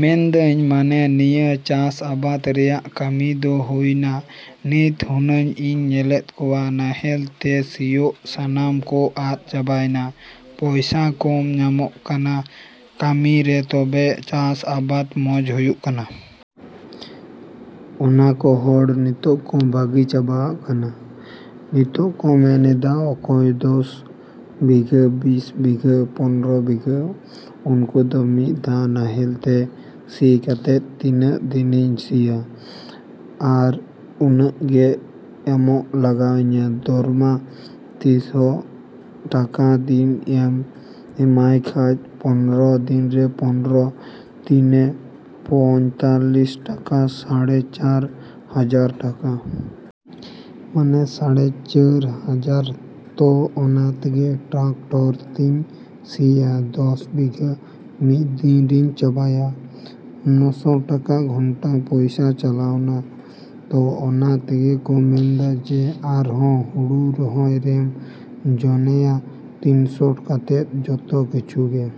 ᱢᱮᱱᱫᱟᱹᱧ ᱢᱟᱱᱮ ᱱᱤᱭᱟᱹ ᱪᱟᱥ ᱟᱵᱟᱫᱽ ᱨᱮᱭᱟᱜ ᱠᱟᱹᱢᱤ ᱫᱚ ᱦᱩᱭᱱᱟ ᱱᱤᱛ ᱦᱩᱱᱟ.ᱧ ᱤᱧ ᱧᱮᱞᱮᱫ ᱠᱚᱣᱟ ᱱᱟᱦᱮᱞ ᱛᱮ ᱥᱤᱭᱳᱜ ᱥᱟᱱᱟᱢ ᱠᱚ ᱟᱫ ᱪᱟᱵᱟᱭᱫᱟ᱾ ᱯᱚᱭᱥᱟ ᱠᱚᱢ ᱧᱟᱢᱚᱜ ᱠᱟᱱᱟ ᱠᱟᱹᱢᱤ ᱨᱮ ᱛᱚᱵᱮ ᱪᱟᱥ ᱟᱵᱟᱫᱽ ᱢᱚᱡᱽ ᱦᱩᱭᱩᱜ ᱠᱟᱱᱟ ᱾ ᱚᱱᱟ ᱠᱚ ᱦᱚᱲ ᱱᱤᱛᱚᱜ ᱠᱚ ᱵᱟᱹᱜᱤ ᱪᱟᱵᱟ ᱟᱜ ᱠᱟᱱᱟ᱾ ᱱᱤᱛᱚᱜ ᱠᱚ ᱢᱮᱱ ᱮᱫᱟ ᱚᱠᱚᱭ ᱫᱚᱥ ᱵᱤᱜᱷᱟᱹ ᱵᱤᱥ ᱵᱤᱜᱷᱟᱹ ᱯᱚᱱᱨᱚ ᱵᱤᱜᱷᱟᱹ ᱩᱱᱠᱩ ᱫᱚ ᱢᱤᱫ ᱫᱷᱟᱣ ᱱᱟᱦᱮᱞ ᱛᱮ ᱥᱤ ᱠᱟᱛᱮᱫ ᱛᱤᱱᱟᱹᱜ ᱫᱤᱱᱤᱧ ᱥᱤᱭᱟ? ᱟᱨ ᱩᱱᱟᱹᱜ ᱜᱮ ᱮᱢᱚᱜ ᱞᱟᱜᱟᱣ ᱤᱧᱟᱹ ᱫᱚᱨᱢᱟ ᱛᱤᱱᱥᱚ ᱴᱟᱠᱟ ᱫᱤᱱ ᱮᱢ ᱮᱢᱟᱭ ᱠᱷᱟᱡ ᱯᱚᱱᱨᱚ ᱫᱤᱱᱨᱮ ᱯᱚᱱᱨᱚ ᱛᱤᱱᱮ ᱯᱚᱸᱭᱛᱟᱞᱞᱤᱥ ᱴᱟᱠᱟ ᱥᱟᱲᱮ ᱪᱟᱨ ᱦᱟᱡᱟᱨ ᱴᱟᱠᱟ। ᱢᱟᱱᱮ ᱥᱟᱲᱮ ᱪᱟᱹᱨ ᱦᱟᱡᱟᱨ ᱛᱚ ᱚᱱᱟ ᱛᱮᱜᱮ ᱴᱨᱮᱠᱴᱚᱨ ᱛᱤᱧ ᱥᱤᱭᱟ ᱫᱚᱥ ᱵᱤᱜᱷᱟᱹ ᱢᱤᱫ ᱫᱤᱱ ᱨᱤᱧ ᱪᱟᱵᱟᱭᱟ। ᱱᱚᱥᱚ ᱴᱟᱠᱟ ᱜᱷᱚᱱᱴᱟ ᱯᱚᱭᱥᱟ ᱪᱟᱞᱟᱣᱱᱟ ᱛᱚ ᱚᱱᱟ ᱛᱮᱜᱮ ᱠᱚ ᱢᱮᱱᱫᱟ ᱡᱮ ᱟᱨ ᱦᱚ ᱦᱩᱲᱩ ᱨᱚᱦᱚᱭ ᱨᱮᱢ ᱡᱚᱱᱮᱭᱟ ᱛᱤᱱᱥᱚ ᱠᱟᱛᱮᱫ ᱡᱚᱛᱚ ᱠᱤᱪᱷᱩ ᱜᱮ।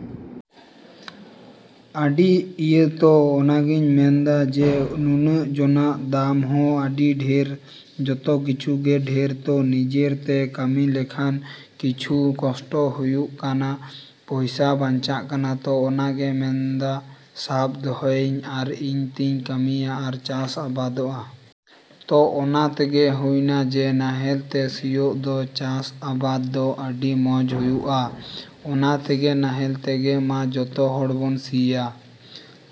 ᱟᱹᱰᱤ ᱤᱭᱟᱹ ᱛᱚ ᱚᱱᱟᱜᱤᱧ ᱢᱮᱱᱫᱟ ᱡᱮ ᱱᱩᱱᱟ.ᱜ ᱡᱚᱱᱟᱜ ᱫᱟᱢ ᱦᱚᱸ ᱟᱹᱰᱤ ᱰᱷᱮᱨ ᱡᱚᱛᱚ ᱠᱤᱪᱷᱩ ᱜᱮ ᱰᱷᱮᱨ ᱛᱚ ᱱᱤᱡᱮᱨ ᱛᱮ ᱠᱟᱹᱢᱤ ᱞᱮᱠᱷᱟᱱ ᱠᱤᱪᱷᱩ ᱠᱚᱥᱴᱚ ᱦᱩᱭᱩᱜ ᱠᱟᱱᱟ ᱯᱚᱭᱥᱟ ᱵᱟᱧᱪᱟᱜ ᱠᱟᱱᱟ ᱛᱚ ᱚᱱᱟᱜᱮ ᱢᱮᱱᱫᱟ ᱥᱟᱵ ᱫᱚᱦᱚᱭᱟᱹᱧ ᱟᱨ ᱤᱧ ᱛᱤᱧ ᱠᱟᱹᱢᱤᱭᱟ ᱟᱨ ᱪᱟᱥ ᱟᱵᱟᱫᱚᱜᱼᱟ। ᱛᱚ ᱚᱱᱟ ᱛᱮᱜᱮ ᱦᱩᱭᱱᱟ ᱡᱮ ᱱᱟᱦᱮᱞ ᱛᱮ ᱥᱤᱭᱳᱜ ᱫᱚ ᱪᱟᱥᱼᱟᱵᱟᱫᱽ ᱫᱚ ᱟᱹᱰᱤ ᱢᱚᱡᱽ ᱦᱩᱭᱩᱜᱼᱟ ᱚᱱᱟ ᱛᱮᱜᱮ ᱱᱟᱦᱮᱞ ᱛᱮᱜᱮ ᱢᱟ ᱡᱚᱛᱚ ᱦᱚᱲ ᱵᱚᱱ ᱥᱤᱭᱟ।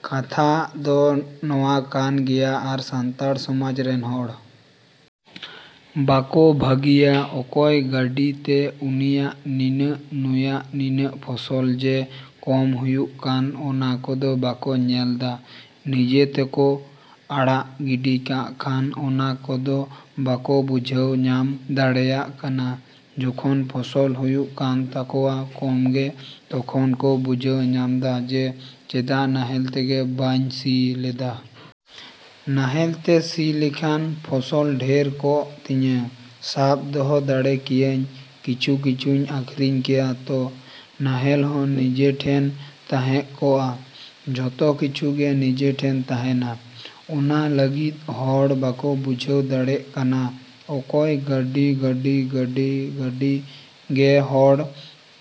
ᱠᱟᱛᱷᱟ ᱫᱚ ᱱᱚᱣᱟ ᱠᱟᱱ ᱜᱮᱭᱟ ᱟᱨ ᱥᱟᱱᱛᱟᱲ ᱥᱚᱢᱟᱡᱽ ᱨᱮᱱ ᱦᱚᱲ ᱵᱟᱠᱚ ᱵᱷᱟᱹᱜᱤᱭᱟ ᱚᱠᱚᱭ ᱜᱟᱹᱰᱤ ᱛᱮ ᱩᱱᱤᱭᱟᱜ ᱱᱤᱱᱟᱹᱜ ᱱᱩᱭᱟᱜ ᱱᱤᱱᱟᱹᱜ ᱯᱷᱚᱥᱚᱞ ᱡᱮ ᱠᱚᱢ ᱦᱩᱭᱩᱜ ᱠᱟᱱ ᱚᱱᱟ ᱠᱚᱫᱚ ᱵᱟᱠᱚ ᱧᱮᱞᱫᱟ ᱱᱤᱡᱮ ᱛᱮᱠᱚ ᱟᱲᱟᱜ ᱜᱤᱰᱤ ᱠᱟᱜ ᱠᱷᱟᱱ ᱚᱱᱟ ᱠᱚᱫᱚ ᱵᱟᱠᱚ ᱵᱩᱡᱷᱟᱹᱣ ᱧᱟᱢ ᱫᱟᱲᱮᱭᱟᱜ ᱠᱟᱱᱟ ᱡᱚᱠᱷᱚᱱ ᱯᱷᱚᱥᱚᱞ ᱦᱩᱭᱩᱜ ᱠᱟᱱ ᱛᱟᱠᱚᱣᱟ ᱠᱚᱢᱜᱮ ᱛᱚᱠᱷᱚᱱ ᱠᱚ ᱵᱩᱡᱷᱟᱹᱣ ᱧᱟᱢᱫᱟ ᱡᱮ ᱪᱮᱫᱟᱜ ᱱᱟᱦᱮᱞ ᱛᱮᱜᱮ ᱵᱟᱹᱧ ᱥᱤ ᱞᱮᱫᱟ। ᱱᱟᱦᱮᱞ ᱛᱮ ᱥᱤ ᱞᱮᱠᱷᱟᱱ ᱯᱷᱚᱥᱚᱞ ᱰᱷᱮᱨ ᱠᱚᱜ ᱛᱤᱧᱟᱹ ᱥᱟᱵ ᱫᱚᱦᱚ ᱫᱟᱲᱮ ᱠᱮᱭᱟᱧ ᱠᱤᱪᱷᱩ ᱠᱤᱪᱷᱩᱧ ᱟᱹᱠᱷᱨᱤᱧ ᱠᱮᱭᱟ ᱛᱚ ᱱᱟᱦᱮᱞ ᱦᱚᱸ ᱱᱤᱡᱮ ᱴᱷᱮᱱ ᱛᱟᱦᱮᱸ ᱠᱚᱜᱼᱟ ᱡᱚᱛᱚ ᱠᱤᱪᱷᱩ ᱜᱮ ᱱᱤᱡᱮ ᱴᱷᱮᱱ ᱛᱟᱦᱮᱱᱟ। ᱚᱱᱟ ᱞᱟᱹᱜᱤᱫ ᱦᱚᱲ ᱵᱟᱠᱚ ᱵᱩᱡᱷᱟᱹᱣ ᱫᱟᱲᱮᱜ ᱠᱟᱱᱟ ᱚᱠᱚᱭ ᱜᱟᱹᱰᱤ ᱜᱟᱹᱰᱤ ᱜᱟᱹᱰᱤ ᱜᱟᱹᱰᱤ ᱜᱮ ᱦᱚᱲᱮ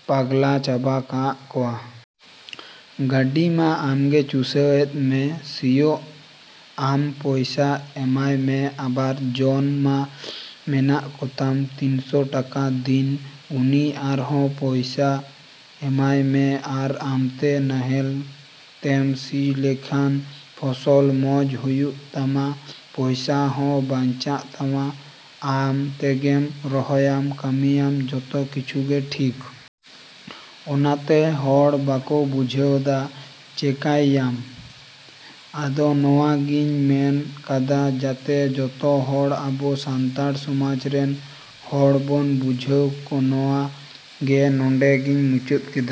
ᱯᱟᱜᱽᱞᱟ ᱪᱟᱵᱟ ᱠᱟᱜ ᱠᱚᱣᱟ। ᱜᱟᱹᱰᱤ ᱢᱟ ᱟᱢᱜᱮ ᱪᱩᱥᱟᱹᱣᱮᱫ ᱢᱮ ᱥᱤᱭᱳᱜ ᱟᱢ ᱯᱚᱭᱥᱟ ᱮᱢᱟᱭ ᱢᱮ ᱟᱵᱟᱨ ᱡᱚᱱ ᱢᱟ ᱢᱮᱱᱟᱜ ᱠᱚᱛᱟᱢ ᱛᱤᱱᱥᱚ ᱴᱟᱠᱟ ᱫᱤᱱ ᱩᱱᱤ ᱟᱨ ᱦᱚ ᱯᱚᱭᱥᱟ ᱮᱢᱟᱭ ᱢᱮ ᱟᱨ ᱟᱢᱛᱮ ᱱᱟᱦᱮᱞ ᱛᱮᱢ ᱥᱤ ᱞᱮᱠᱷᱟᱱ ᱯᱷᱚᱥᱚᱞ ᱢᱚᱡᱽ ᱦᱩᱭᱩᱜ ᱛᱟᱢᱟ ᱯᱚᱭᱥᱟ ᱦᱚᱸ ᱵᱟᱧᱪᱟᱜ ᱛᱟᱢᱟ ᱟᱢ ᱛᱮᱜᱮᱢ ᱨᱚᱦᱚᱭᱟᱢ ᱠᱟᱹᱢᱤᱭᱟᱢ ᱡᱚᱛᱚ ᱠᱤᱪᱷᱩ ᱜᱮ ᱴᱷᱤᱠ᱾ ᱚᱱᱟ ᱛᱮ ᱦᱚᱲ ᱵᱟᱠᱚ ᱵᱩᱡᱷᱟᱹᱣᱫᱟ ᱪᱮᱠᱟᱭᱭᱟᱢ? ᱟᱫᱚ ᱱᱚᱣᱟ ᱜᱤᱧ ᱢᱮᱱ ᱠᱟᱫᱟ ᱡᱟᱛᱮ ᱡᱚᱛᱚ ᱦᱚᱲ ᱟᱵᱚ ᱥᱟᱱᱛᱟᱲ ᱥᱚᱢᱟᱡᱽ ᱨᱮᱱ ᱦᱚᱲ ᱵᱚᱱ ᱵᱩᱡᱷᱟᱹᱣ ᱱᱚᱣᱟ ᱜᱮ ᱱᱚᱰᱮ ᱜᱤᱧ ᱢᱩᱪᱟᱹᱫ ᱠᱟᱫᱟ।